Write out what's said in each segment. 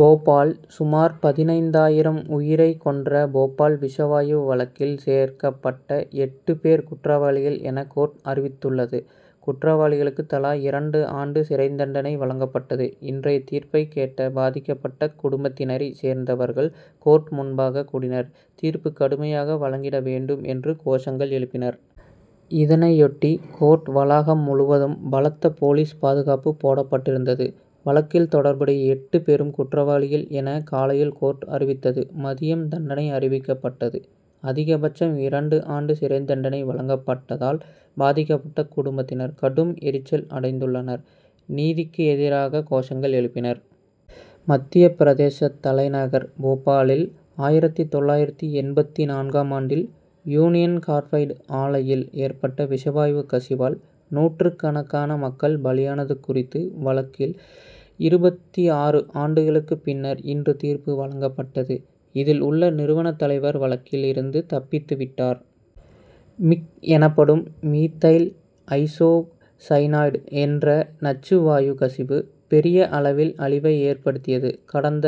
போபால் சுமார் பதினைந்து ஆயிரம் உயிரை கொன்ற போபால் விஷ வாயு வழக்கில் சேர்க்கப்பட்ட எட்டு பேர் குற்றவாளிகள் என கோர்ட் அறிவித்துள்ளது. குற்றவாளிகளுக்கு தலா இரண்டு ஆண்டு சிறைத்தண்டனை வழங்கப்பட்டது. இன்றைய தீர்ப்பை கேட்க பாதிக்கப்பட்ட குடும்பத்தினரை சேர்ந்தவர்கள் கோர்ட் முன்பாக கூடினர். தீர்ப்பு கடுமையாக வழங்கிட வேண்டும் என்று கோஷங்கள் எழுப்பினர். இதனையொட்டி கோர்ட் வளாகம் முழுவதும் பலத்த போலீஸ் பாதுகாப்பு போடப்பட்டிருந்தது. வழக்கில் தொடர்புடைய எட்டு பேரும் குற்றவாளிகள் என காலையில் கோர்ட் அறிவித்தது. மதியம் தண்டனை அறிவிக்கப்பட்டது. அதிக பட்சம் இரண்டு ஆண்டு சிறைத்தண்டனை வழங்கப்பட்டதால் பாதிக்கப்பட்ட குடும்பத்தினர் கடும் எரிச்சல் அடைந்துள்ளனர். நீதிக்கு எதிராக கோஷங்கள் எழுப்பினர். மத்திய பிரதேச தலைநகர் போபாலில் ஆயிரத்து தொள்ளாயிரத்து எண்பத்து நான்காம் ஆண்டில், யூனியன் கார்பைடு ஆலையில் ஏற்பட்ட விஷவாயு கசிவால் நூற்றுக்கணக்கான மக்கள் பலியானது குறித்த வழக்கில் இருபத்தாறு ஆண்டுகளுக்கு பின்னர் இன்று தீர்ப்பு வழங்கப்பட்டது. இதில் உள்ள நிறுவன தலைவர் வழக்கில் இருந்து தப்பித்து விட்டார். மிக் எனப்படும் மீதைல் ஐசோ சைனைடு என்ற நச்சு வாயு கசிவு, பெரிய அளவில் அழிவை ஏற்படுத்தியது. கடந்த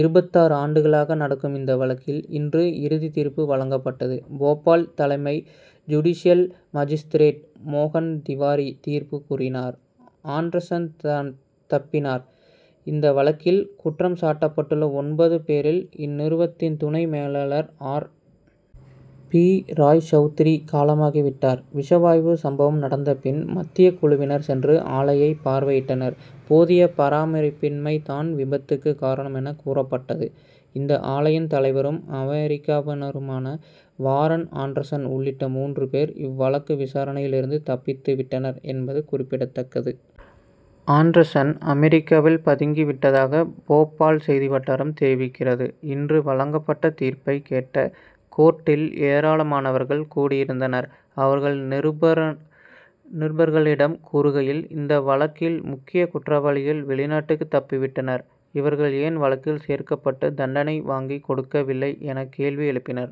இருபத்தாறு ஆண்டுகளாக நடக்கும் இந்த வழக்கில், இன்று இறுதி தீர்ப்பு வழங்கப்பட்டது. போபால் தலைமை ஜுடிசியல் மாஜிஸ்திரேட் மோகன் திவாரி தீர்ப்பு கூறினார். ஆண்டர்சன் தப்பினார் இந்த வழக்கில் குற்றம் சாட்டப்பட்டுள்ள ஒன்பது பேரில், இந்நிறுவனத்தின் துணை மேலாளர் ஆர். பி. ராய் சவுத்ரி காலமாகிவிட்டார். விஷவாயு சம்பவம் நடந்த பின், மத்தியக் குழுவினர் சென்று ஆலையை பார்வையிட்டனர். போதிய பராமரிப்பின்மை தான் விபத்துக்கு காரணம் என கூறப்பட்டது. இந்த ஆலையின் தலைவரும், அமெரிக்கருமான வாரன் ஆண்டர்சன் உள்ளிட்ட மூன்று பேர், இவ்வழக்கு விசாரணையிலிருந்து தப்பித்து விட்டனர் என்பது குறிப்பிடத்தக்கது. ஆண்டர்சன் அமெரிக்காவில் பதுங்கி விட்டதாக போபால் செய்தி வட்டாரம் தெரிவிக்கிறது. இன்று வழங்கப்பட்ட தீர்பை கேட்க கோர்ட்டில் ஏராளமனவர்கள் கூடியிருந்தனர். அவர்கள் நிருபர்களிடம் கூறுகையில் இந்த வழக்கில் முக்கிய குற்றவாளிகள் வெளிநாட்டுக்கு தப்பி விட்டனர். இவர்கள் ஏன் வழக்கில் சேர்க்கப்பட்டு தண்டனை வாங்கி கொடுக்கவில்லை என கேள்வி எழுப்பினர்.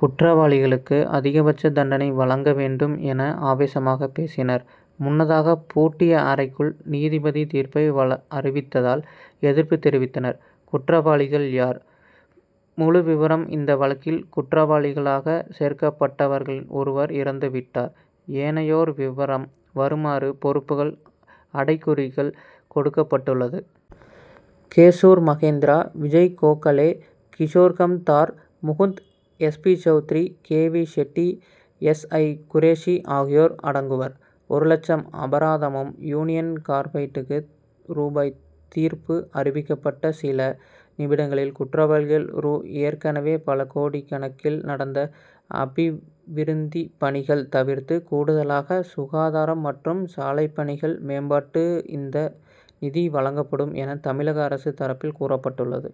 குற்றவாளிகளுக்கு அதிப்பட்ச தண்டனை வழங்க வேண்டும் என ஆவேசமாக பேசினர். முன்னதாக பூட்டிய அறைக்குள் நீதிபதி தீர்ப்பை அறிவித்ததால் எதிர்ப்பு தெரிவித்தனர். குற்றவாளிகள் யார்? முழு விவரம் இந்த வழக்கில் குற்றவாளிகளாக சேர்க்கப்பட்டவர்களில் ஒருவர் இறந்து விட்டார். ஏனையோர் விவரம் வருமாறு பொறுப்புகள் அடைகுறிக்குள் கொடுக்கப்பட்டுள்ளது. Keshub Mahindra, Vijay Gokhale, Kishore Kamdar, Mukund, SP., Chaudhary, K. We., Shetty S. ஐ., குரேஷி. ஆகியோர் அடங்குவர். ஒரு லட்சம் அபராதமும், யூனியன் கார்பைடுக்கு ரூ. தீர்ப்பு அறிவிக்கப்பட்ட சில நிமிடங்களில் குற்றவாளிகள் ரூ. ஏற்கனவே பல கோடிக்கணக்கில் நடந்த அபிவிருத்தி பணிகள் தவிர்த்து கூடுதலாக சுகாதாரம் மற்றும் சாலைப்பணிகள் மேம்பாட்டுக்கு இந்த நிதி வழங்கப்படும் என தமிழக அரசு தரப்பில் கூறப்பட்டுள்ளது.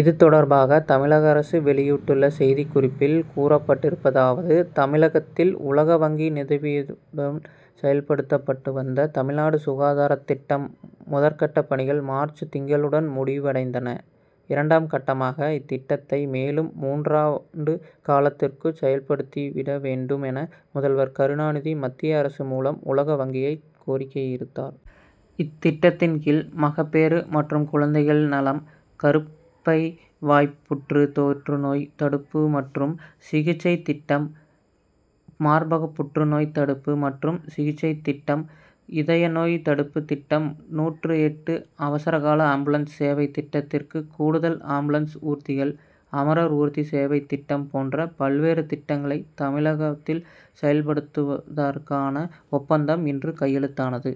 இது தொடர்பாக தமிழக அரசு வெளியிட்டுள்ள செய்திக்குறிப்பில் கூறப்பட்டிருப்பதாவது தமிழகத்தில் உலக வங்கி நிதியுதவியுடன் செயல்படுத்தப்பட்டு வந்த, தமிழ்நாடு சுகாதாரத் திட்டம் முதற்கட்டப் பணிகள் மார்ச்சுத் திங்களுடன் முடிவடைந்தன. இரண்டாம் கட்டமாக இத்திட்டத்தை மேலும் மூன்றாண்டு காலத்திற்குச் செயல்படுத்திட வேண்டுமென முதவர் கருணாநிதி மத்திய அரசு மூலம் உலக வங்கியைக் கோரியிருந்தார். இத்திட்டத்தின்கீழ், மகப்பேறு மற்றும் குழந்தைகள் நலம், கருப்பைவாய்ப் புற்று நோய்த்தடுப்பு மற்றும் சிகிச்சைத் திட்டம், மார்பகப் புற்றுநோய்த் தடுப்பு மற்றும் சிகிச்சைத் திட்டம், இதய நோய்த் தடுப்புத் திட்டம், நூற்று எட்டு அவசரகால ஆம்புலன்ஸ் சேவைத்திட்டத்திற்குக் கூடுதல் ஆம்புலன்ஸ் ஊர்திகள், அமரர் ஊர்தி சேவைத்திட்டம் போன்ற பல்வேறு திட்டங்களைத் தமிழகத்தில் செயல்படுத்துவதற்கான ஒப்பந்தம் இன்று கையெழுத்தானது.